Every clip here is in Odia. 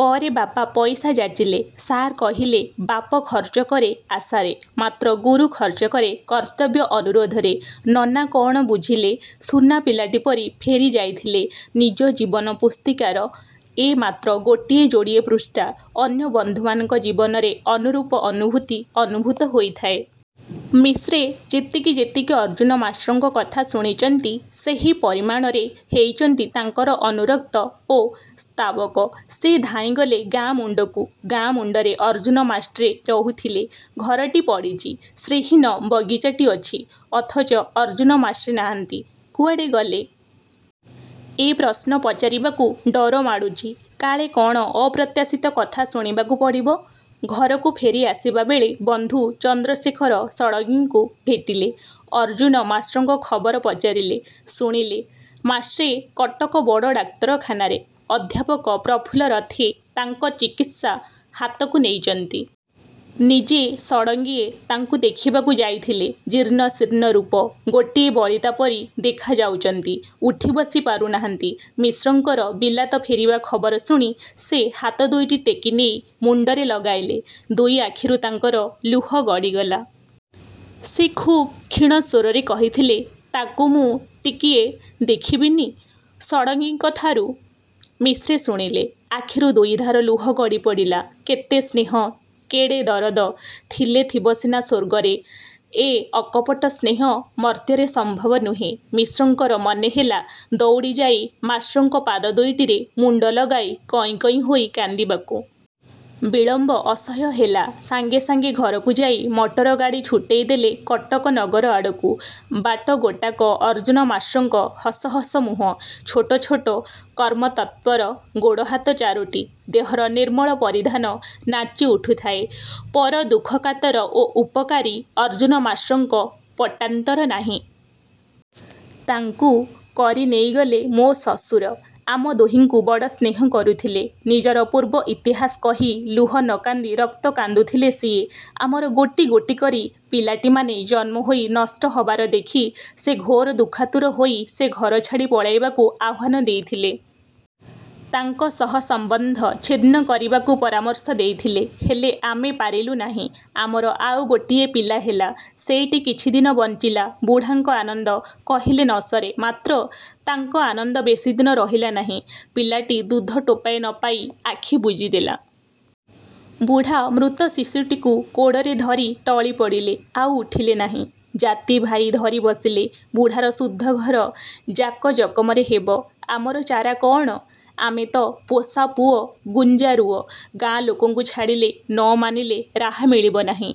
ପରେ ବାପା ପଇସା ଯାଚିଲେ। ସାର୍ କହିଲେ-ବାପ ଖର୍ଚ୍ଚ କରେ ଆଶାରେ, ମାତ୍ର ଗୁରୁ ଖର୍ଚ୍ଚ କରେ କର୍ତ୍ତବ୍ୟ ଅନୁରୋଧରେ। ନନା କ'ଣ ବୁଝିଲେ, ସୁନା ପିଲାଟି ପରି ଫେରିଯାଇଥିଲେ। ନିଜ ଜୀବନ-ପୁସ୍ତିକାର ଏ ମାତ୍ର ଗୋଟିଏ ଯୋଡ଼ିଏ ପୃଷ୍ଠା। ଅନ୍ୟ ବନ୍ଧୁମାନଙ୍କ ଜୀବନରେ ଅନୁରୂପ ଅନୁଭୂତି ଅନୁଭୂତ ହୋଇଥାଏ। ମିଶ୍ରେ ଯେତିକି ଯେତିକି ଅର୍ଜ୍ଜୁନ ମାଷ୍ଟ୍ରଙ୍କ କଥା ଶୁଣିଚନ୍ତି, ସେହି ପରିମାଣରେ ହେଇଚନ୍ତି ତାଙ୍କର ଅନୁରକ୍ତ ଓ ସ୍ତାବକ। ସେ ଧାଇଁଗଲେ ଗାଁ ମୁଣ୍ତକୁ। ଗାଁ ମୁଣ୍ତରେ ଅର୍ଜ୍ଜୁନ ମାଷ୍ଟ୍ରେ ରହୁଥିଲେ। ଘରଟି ପଡ଼ିଚି। ଶ୍ରୀହୀନ ବଗିଚାଟି ଅଛି। ଅଥଚ ଅର୍ଜ୍ଜୁନ ମାଷ୍ଟ୍ରେ ନାହାନ୍ତି। 'କୁଆଡ଼େ ଗଲେ'? -ଏ ପ୍ରଶ୍ନ ପଚାରିବାକୁ ଡର ମାଡୁ଼ଚି, କାଳେ କ'ଣ ଅପ୍ରତ୍ୟାଶିତ କଥା ଶୁଣିବାକୁ ପଡ଼ିବ! ଘରକୁ ଫେରି ଆସିବାବେଳେ ବନ୍ଧୁ ଚନ୍ଦ୍ରଶେଖର ଷଡ଼ଙ୍ଗୀଙ୍କୁ ଭେଟିଲେ। ଅର୍ଜ୍ଜୁନ ମାଷ୍ଟ୍ରଙ୍କ ଖବର ପଚାରିଲେ। ଶୁଣିଲେ, ମାଷ୍ଟ୍ରେ କଟକ ବଡ଼ ଡାକ୍ତରଖାନାରେ। ଅଧ୍ୟାପକ ପ୍ରଫୁଲ୍ଲ ରଥେ ତାଙ୍କ ଚିକିତ୍ସା ହାତକୁ ନେଇଚନ୍ତି। ନିଜେ ଷଡ଼ଙ୍ଗୀଏ ତାଙ୍କୁ ଦେଖିବାକୁ ଯାଇଥିଲେ। ଜୀର୍ଣ୍ଣ ଶୀର୍ଣ୍ଣ ରୂପ। ଗୋଟିଏ ବଳିତା ପରି ଦେଖାଯାଉଚନ୍ତି। ଉଠି ବସି ପାରୁ ନାହାନ୍ତି। ମିଶ୍ରଙ୍କର ବିଲାତ ଫେରିବା ଖବର ଶୁଣି ସେ ହାତ ଦୁଇଟି ଟେକି ନେଇ ମୁଣ୍ତରେ ଲଗାଇଲେ, ଦୁଇ ଆଖିରୁ ତାଙ୍କର ଲୁହ ଗଡ଼ିଗଲା। ସେ ଖୁବ୍ କ୍ଷୀଣ ସ୍ୱରରରେ କହିଥିଲେ, ତାକୁ ମୁଁ ଟିକିଏ ଦେଖିବି ନି। ଷଡ଼ଙ୍ଗୀଙ୍କଠାରୁ ମିଶ୍ରେ ଶୁଣିଲେ। ଆଖିରୁ ଦୁଇଧାର ଲୁହ ଗଡ଼ି ପଡ଼ିଲା। କେତେ ସ୍ନେହ, କେଡ଼େ ଦରଦ! ଥିଲେ ଥିବ ସିନା ସ୍ୱର୍ଗରେ; ଏ ଅକପଟ ସ୍ନେହ, ମର୍ତ୍ତ୍ୟରେ ସମ୍ଭବ ନୁହେଁ। ମିଶ୍ରଙ୍କର ମନେ ହେଲା ଦଉଡ଼ି ଯାଇ ମାଷ୍ଟ୍ରଙ୍କ ପାଦ ଦୁଇଟିରେ ମୁଣ୍ତ ଲଗାଇ କଇଁ କଇଁ ହୋଇ କାନ୍ଦିବାକୁ। ବିଳମ୍ବ ଅସହ୍ୟ ହେଲା। ସାଙ୍ଗେ ସାଙ୍ଗେ ଘରକୁ ଯାଇ ମଟର ଗାଡ଼ି ଛୁଟେଇଦେଲେ କଟକ ନଗର ଆଡ଼କୁ। ବାଟ ଗୋଟାକ ଅର୍ଜ୍ଜୁନ ମାଷ୍ଟ୍ରଙ୍କ ହସହସ ମୁହଁ, ଛୋଟ ଛୋଟ କର୍ମତତ୍ପର ଗୋଡ଼ହାତ ଚାରୋଟି, ଦେହର ନିର୍ମଳ ପରିଧାନ ନାଚି ଉଠୁଥାଏ। ପର ଦୁଃଖକାତର ଓ ଉପକାରୀ ଅର୍ଜ୍ଜୁନ ମାଷ୍ଟ୍ରଙ୍କ ପଟାନ୍ତର ନାହିଁ। ତାଙ୍କୁ। କରି ନେଇଗଲେ ମୋ ଶଶୁର। ଆମ ଦୁହିଁଙ୍କୁ ବଡ଼ ସ୍ନେହ କରୁଥିଲେ। ନିଜର ପୂର୍ବ ଇତିହାସ କହି ଲୁହ ନ କାନ୍ଦି ରକ୍ତ କାନ୍ଦୁଥିଲେ ସିଏ। ଆମର ଗୋଟି ଗୋଟି କରି ପିଲାଟିମାନେ ଜନ୍ମ ହୋଇ ନଷ୍ଟ ହବାର ଦେଖି ସେ ଘୋର ଦୁଃଖାତୁର ହୋଇ ସେ ଘର ଛାଡ଼ି ପଳାଇବାକୁ ଆହ୍ୱାନ ଦେଇଥିଲେ। ତାଙ୍କ ସହ ସମ୍ବନ୍ଧ ଛିନ୍ନ କରିବାକୁ ପରାମର୍ଶ ଦେଇଥିଲେ। ହେଲେ ଆମେ ପାରିଲୁ ନାହିଁ। ଆମର ଆଉ ଗୋଟିଏ ପିଲା ହେଲା। ସେଇଟି କିଛି ଦିନ ବଂଚିଲା। ବୁଢ଼ାଙ୍କ ଆନନ୍ଦ କହିଲେ ନ ସରେ। ମାତ୍ର ତାଙ୍କ ଆନନ୍ଦ ବେଶୀଦିନ ରହିଲା ନାହିଁ। ପିଲାଟି ଦୁଧ ଟୋପାଏ ନ ପାଇ ଆଖି ବୁଜିଦେଲା। ବୁଢ଼ା ମୃତ ଶିଶୁଟିକୁ କୋଡ଼ରେ ଧରି ଟଳିପଡ଼ିଲେ। ଆଉ ଉଠିଲେ ନାହିଁ। ଜାତି ଭାଇ ଧରିବସିଲେ, ବୁଢ଼ାର ଶୁଦ୍ଧଘର ଜାକ ଜମକରେ ହେବ। ଆମର ଚାରା କଅଣ? ଆମେ ତ ପୋଷା ପୁଅ ଗୁଞ୍ଜା ରୁଅ। ଗାଁ ଲୋକଙ୍କୁ ଛାଡ଼ିଲେ, ନ ମାନିଲେ ରାହା ମିଳିବ ନାହିଁ।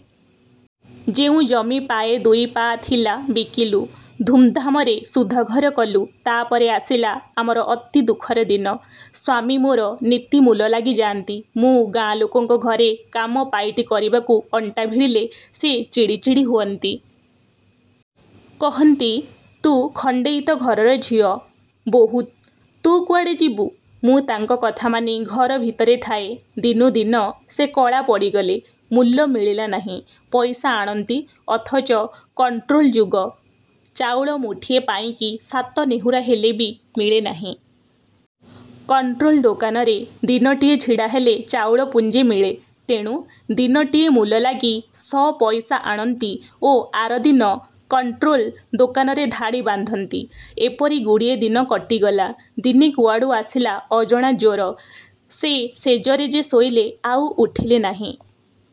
ଯେଉଁ ଜମି ପାଏ ଦୁଇ ପାଆ ଥିଲା ବିକିଲୁ। ଧୁମ୍ଧାମରେ ଶୁଦ୍ଧ ଘର କଲୁ। ତାପରେ ଆସିଲା ଆମର ଅତି ଦୁଃଖର ଦିନ। ସ୍ୱାମୀ ମୋର ନିତି ମୂଲ ଲାଗି ଯାଆନ୍ତି-। ମୁଁ ଗାଁ ଲୋକଙ୍କ ଘରେ କାମ ପାଇଟି କରିବାକୁ ଅଣ୍ଟା ଭିଡ଼ିଲେ ସେ ଚିଡ଼ି ଚିଡ଼ି ହୁଅନ୍ତି। କହନ୍ତି-ତୁ ଖଣ୍ତେଇତ ଘରର ଝିଅ, ବୋହୂ; ତୁ କୁଆଡ଼େ ଯିବୁ? ମୁଁ ତାଙ୍କ କଥା ମାନି ଘର ଭିତରେ ଥାଏ। ଦିନୁ ଦିନ ସେ କଳା ପଡ଼ିଗଲେ। ମୂଲ ମିଳିଲା ନାହିଁ। ପଇସା ଆଣନ୍ତି, ଅଥଚ କଣ୍ଟ୍ରୋଲ ଯୁଗ। ଚାଉଳ ମୁଠିଏ ପାଇଁକି ସାତ ନେହୁରା ହେଲେ ବି ମିଳେ ନାହିଁ। କଣ୍ଟ୍ରୋଲ ଦୋକାନରେ ଦିନଟିଏ ଛିଡ଼ା ହେଲେ ଚାଉଳ ପୁଞ୍ଜେ ମିଳେ। ତେଣୁ ଦିନଟିଏ ମୂଲ ଲାଗି ସ ପଇସା ଆଣନ୍ତି ଓ ଆରଦିନ କଣ୍ଟ୍ରୋଲ ଦୋକାନରେ ଧାଡ଼ି ବାନ୍ଧନ୍ତି। ଏପରି ଗୁଡ଼ିଏ ଦିନ କଟିଗଲା। ଦିନେ କୁଆଡ଼ୁ ଆସିଲା ଅଜଣା ଜ୍ୱର। ସେ ଶେଯରେ ଯେ ଶୋଇଲେ ଆଉ ଉଠିଲେ ନାହିଁ।